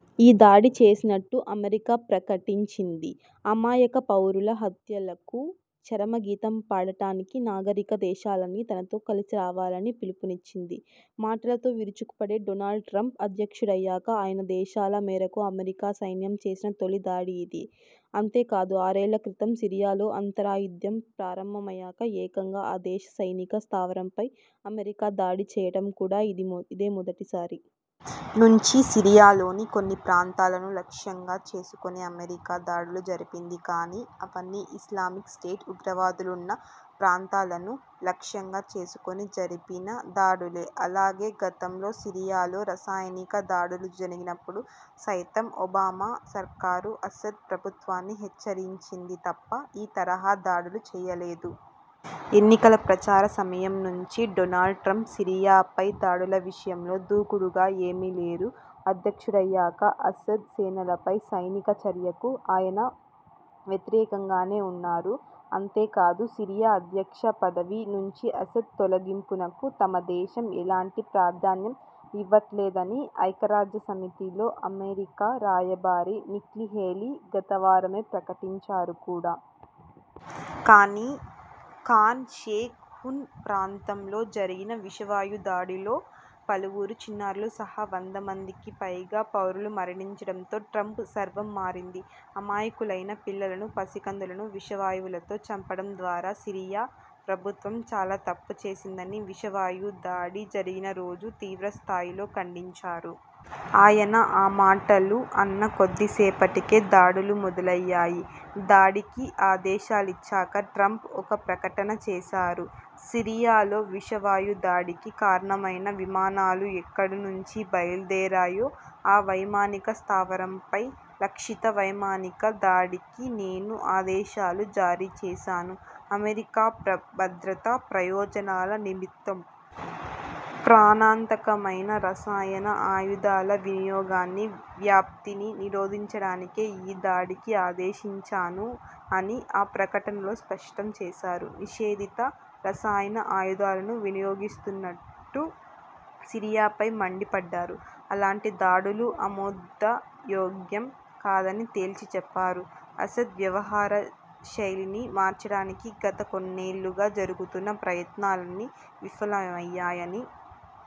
ఈ దాడి చేసినట్టు అమెరికా ప్రకటించింది. అమాయక పౌరుల హత్యలకు చరమగీతం పాడటానికి నాగరిక దేశాలన్నీ తనతో కలిసిరావాలని పిలుపునిచ్చింది. మాటలతో విరుచుకుపడే డోనాల్డ్ ట్రంప్ అధ్యక్షుడయ్యాక ఆయన ఆదేశాల మేరకు అమెరికా సైన్యం చేసిన తొలి దాడి ఇది. అంతే కాదు, ఆరేళ్ల క్రితం సిరియాలో అంతర్యుద్ధం ప్రారంభమయ్యాక ఏకంగా ఆ దేశ సైనిక స్థావరంపై అమెరికా దాడి చేయడం కూడా ఇది ఇదే మొదటిసారి. నుంచి సిరియాలోని కొన్ని ప్రాంతాలను లక్ష్యంగా చేసుకుని అమెరికా దాడులు జరిపింది. కానీ, అవన్నీ ఇస్లామిక్ స్టేట్ ఉగ్రవాదులున్న ప్రాంతాలను లక్ష్యంగా చేసుకుని జరిపిన దాడులే. అలాగే.. గతంలో సిరియాలో రసాయనిక దాడులు జరిగినప్పుడు సైతం ఒబామా సర్కారు అసద్ ప్రభుత్వాన్ని హెచ్చరించింది తప్ప ఈ తరహా దాడులు చేయలేదు. ఎన్నికల ప్రచార సమయం నుంచీ డోనాల్డ్ ట్రంప్ సిరియాపై దాడుల విషయంలో దూకుడుగా ఏమీ లేరు. అధ్యక్షుడయ్యాకా.. అసద్ సేనలపై సైనిక చర్యకు ఆయన వ్యతిరేకంగానే ఉన్నారు. అంతే కాదు.. సిరియా అధ్యక్ష పదవి నుంచి అసద్ తొలగింపునకు తమదేశం ఎలాంటి ప్రాధాన్యం ఇవ్వట్లేదని. ఐక్యరాజ్యసమితిలో అమెరికా రాయబారి నిక్కీహేలీ గతవారమే ప్రకటించారు కూడా. కానీ.. ఖాన్ షేక్ హూన్ ప్రాంతంలో జరిగిన విషవాయుదాడిలో పలువురు చిన్నారులు సహా వంద మందికిపైగా పౌరులు మరణించడంతో ట్రంప్ స్వరం మారింది. అమాయకులైన పిల్లలను, పసికందులను విషవాయువులతో చంపడం ద్వారా సిరియా ప్రభుత్వం చాలా తప్పు చేసిందని.. విషవాయు దాడి జరిగిన రోజు తీవ్రస్థాయిలో ఖండించారు. ఆయన ఆ మాటలు అన్న కొద్దిసేపటికే దాడులు మొదలయ్యాయి. దాడికి ఆదేశాలిచ్చాక ట్రంప్ఒక ప్రకటన చేశారు. ''సిరియాలో విషవాయుదాడికి కారణమైన విమానాలు ఎక్కడి నుంచి బయల్దేరాయో ఆ వైమానిక స్థావరంపై లక్ష్యిత వైమానిక దాడికి నేను ఆదేశాలు జారీ చేశాను. అమెరికా భద్రతా ప్రయోజనాల నిమిత్తం.. ప్రాణాంతకమైన రసాయన ఆయుధాల వినియోగాన్ని, వ్యాప్తిని నిరోధించడానికే ఈ దాడికి ఆదేశించాను'' అని ఆ ప్రకటనలో స్పష్టం చేశారు. నిషేధిత రసాయన ఆయుధాలను వినియోగిస్తున్నట్టు సిరియాపై మండిపడ్డారు. అలాంటి దాడులు ఆమోదయోగ్యం కాదని తేల్చిచెప్పారు. అసద్ వ్యవహారశైలిని మార్చడానికి గత కొన్నేళ్లుగా జరుగుతున్న ప్రయత్నాలన్నీ విఫలమయ్యాయని..